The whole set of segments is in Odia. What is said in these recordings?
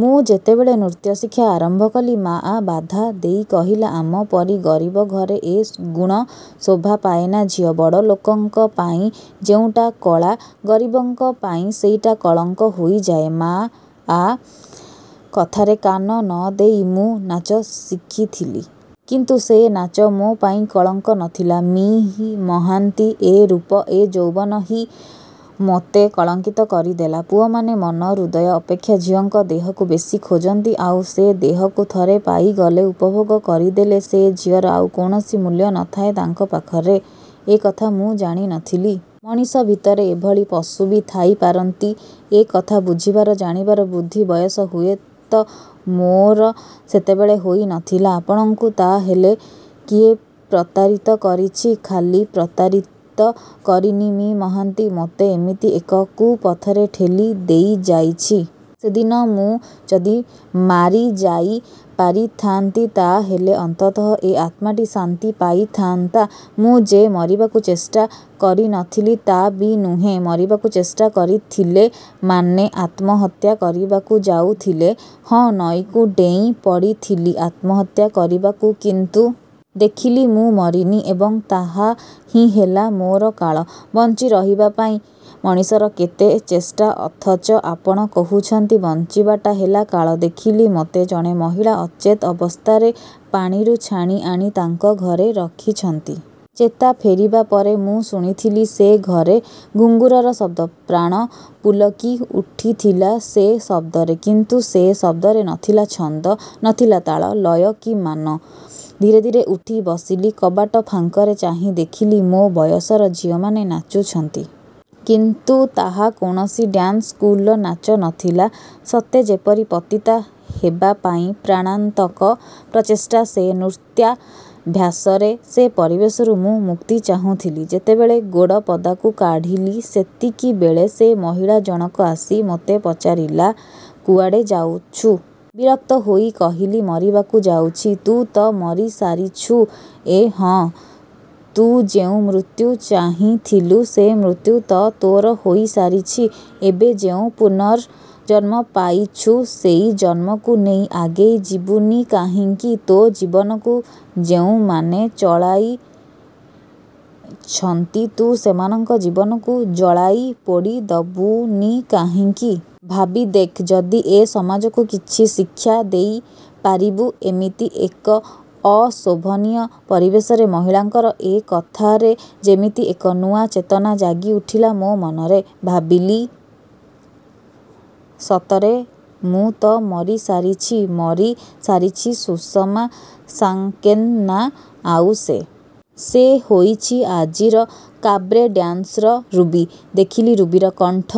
ମୁଁ ଯେତେବେଳେ ନୃତ୍ୟଶିକ୍ଷା ଆରମ୍ଭ କଲି ମାଆ ବାଧା ଦେଇ କହିଲା-ଆମପରି ଗରିବ ଘରେ ଏ ଗୁଣ ଶୋଭା ପାଏନା ଝିଅ, ବଡ଼ ଲୋକଙ୍କ ପାଇଁ ଯେଉଁଟା କଳା ଗରିବଙ୍କ ପାଇଁ ସେଇଟା କଳଙ୍କ ହୋଇଯାଏ। ମାଆ କଥାରେ କାନ ନ ଦେଇ ମୁଁ ନାଚ ଶିଖିଥିଲି। କିନ୍ତୁ ସେ ନାଚ ମୋ' ପାଇଁ କଳଙ୍କ ନ ଥିଲା ମି: ମହାନ୍ତି। ଏ ରୂପ, ଏ ଯୌବନ ହିଁ ମୋତେ କଳଙ୍କିତ କରିଦେଲା। ପୁଅମାନେ ମନ, ହୃଦୟ ଅପେକ୍ଷା ଝିଅଙ୍କ ଦେହକୁ ବେଶୀ ଖୋଜନ୍ତି ଆଉ ସେ ଦେହକୁ ଥରେ ପାଇଗଲେ-ଉପଭୋଗ କରିଦେଲେ ସେ ଝିଅର ଆଉ କୌଣସି ମୂଲ୍ୟ ନଥାଏ ତାଙ୍କ ପାଖରେ-ଏ କଥା ମୁଁ ଜାଣି ନଥିଲି। ମଣିଷ ଭିତରେ ଏଭଳି ପଶୁ ବି ଥାଇ ପାରନ୍ତି ଏ କଥା ବୁଝିବାର, ଜାଣିବାର ବୁଦ୍ଧି ବୟସ ହୁଏତ ମୋର ସେତେବେଳେ ହୋଇନଥିଲା। 'ଆପଣଙ୍କୁ ତା'ହେଲେ କିଏ ପ୍ରତାରିତ କରିଛି ' 'ଖାଲି ପ୍ରତାରିତ କରିନି ମି: ମହାନ୍ତି ମୋତେ ଏମିତି ଏକ କୁପଥରେ ଠେଲି ଦେଇଯାଇଛି। ସେଦିନ ମୁଁ ଯଦି ମାରିଯାଇ ପାରିଥାନ୍ତି ତା'ହେଲେ ଅନ୍ତତଃ ଏ ଆତ୍ମାଟି ଶାନ୍ତି ପାଇଥାନ୍ତା। ମୁଁ ଯେ ମରିବାକୁ ଚେଷ୍ଟା କରିନଥିଲି ତା'ବି ନୁହେଁ। ମରିବାକୁ ଚେଷ୍ଟା କରିଥିଲେ ମାନେ ଆତ୍ମହତ୍ୟା କରିବାକୁ ଯାଉଥିଲେ? " 'ହଁ ନଈକୁ ଡେଇଁ ପଡ଼ିଥିଲି ଆତ୍ମହତ୍ୟା କରିବାକୁ କିନ୍ତୁ ଦେଖିଲି ମୁଁ ମରିନି ଏବଂ ତାହା ହିଁ ହେଲା ମୋର କାଳ। ' 'ବଞ୍ଚି ରହିବା ପାଇଁ ମଣିଷର କେତେ ଚେଷ୍ଟା ଅଥଚ ଆପଣ କହୁଛନ୍ତି ବଞ୍ଚିବାଟା ହେଲା କାଳ। ' ଦେଖିଲି ମୋତେ ଜଣେ ମହିଳା ଅଚେତ୍ ଅବସ୍ଥାରେ ପାଣିରୁ ଛାଣିଆଣି ତାଙ୍କ ଘରେ ରଖିଛନ୍ତି। ଚେତା ଫେରିବା ପରେ ମୁଁ ଶୁଣିଥିଲି ସେ ଘରେ ଘୁଙ୍ଗୁରର ଶବ୍ଦ। ପ୍ରାଣ ପୁଲକି ଉଠିଥିଲା ସେ ଶବ୍ଦରେ। କିନ୍ତୁ ସେ ଶବ୍ଦରେ ନ ଥିଲା ଛନ୍ଦ, ନଥିଲା ତାଳ, ଲୟ କି ମାନ। ଧୀରେ ଧୀରେ ଉଠି ବସିଲି। କବାଟ ଫାଙ୍କରେ ଚାହିଁ ଦେଖିଲି ମୋ' ବୟସର ଝିଅମାନେ ନାଚୁଛନ୍ତି। କିନ୍ତୁ ତାହା କୌଣସି। ଡାନ୍ସ ସ୍କୁଲର ନାଚ ନ ଥିଲା। ସତେ ଯେପରି ପତିତା ହେବାପାଇଁ ପ୍ରାଣାନ୍ତକ ପ୍ରଚେଷ୍ଟା ସେ ନୃତ୍ୟାଭ୍ୟାସରେ। ସେ ପରିବେଶରୁ ମୁଁ ମୁକ୍ତି ଚାହୁଁଥିଲି। ଯେତେବେଳେ ଗୋଡ଼ ପଦାକୁ କାଢ଼ିଲି ସେତିକିବେଳେ ସେ ମହିଳା ଜଣକ ଆସି ମୋତେ ପଚାରିଲା-କୁଆଡ଼େ ଯାଉଛୁ? ବିରକ୍ତ ହୋଇ କହିଲି-ମରିବାକୁ ଯାଉଛି। 'ତୁ ତ ମରି ସାରିଛୁ। " 'ଏଁ ' 'ହ, ତୁ ଯେଉଁ ମୃତ୍ୟୁ ଚାହିଁଥିଲୁ ସେ ମୃତ୍ୟୁ ତ ତୋର ହୋଇ ସାରିଛି ଏବେ ଯେଉଁ ପୂର୍ନଜନ୍ମ ପାଇଛୁ ସେଇ ଜନ୍ମକୁ ନେଇ ଆଗେଇ ଯିବୁନି କାହିଁକି? ତୋ ଜୀବନକୁ ଯେଉଁମାନେ ଜଳାଇଛନ୍ତି ତୁ ସେମାନଙ୍କ ଜୀବନକୁ ଜଳାଇ ପୋଡ଼ି ଦବୁନି କାହିଁକି? ଭାବି ଦେଖ୍-ଯଦି ଏ ସମାଜକୁ କିଛି ଶିକ୍ଷା ଦେଇପାରିବୁ। ' ଏମିତି ଏକ ଅଶୋଭନୀୟ ପରିବେଶରେ ମହିଳାଙ୍କର ଏ କଥାରେ ଯେମିତି ଏକ ନୂଆ ଚେତନା ଜାଗି ଉଠିଲା ମୋ' ମନରେ। ଭାବିଲେ-ସତରେ ମୁଁ ତ ମରି ସାରିଛି। ମରି ସାରିଛି ସୁଷମା ସାକ୍ସେନା। ଆଉ ସେ ସେ ହୋଇଛି ଆଜିର କାବ୍ରେ ଡାନ୍ସର ରୁବି। ଦେଖିଲି ରୁବିର କଣ୍ଠ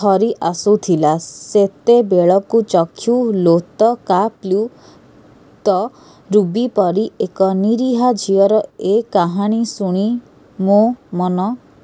ଥରି ଆସୁଥିଲା ସେତେବେଳକୁ। ଚକ୍ଷୁ ଲୋତକାପ୍ଲୁତ। ରୁବି ପରି ଏକ ନିରୀହା ଝିଅର ଏ କାହାଣୀ ଶୁଣି ମୋ' ମନ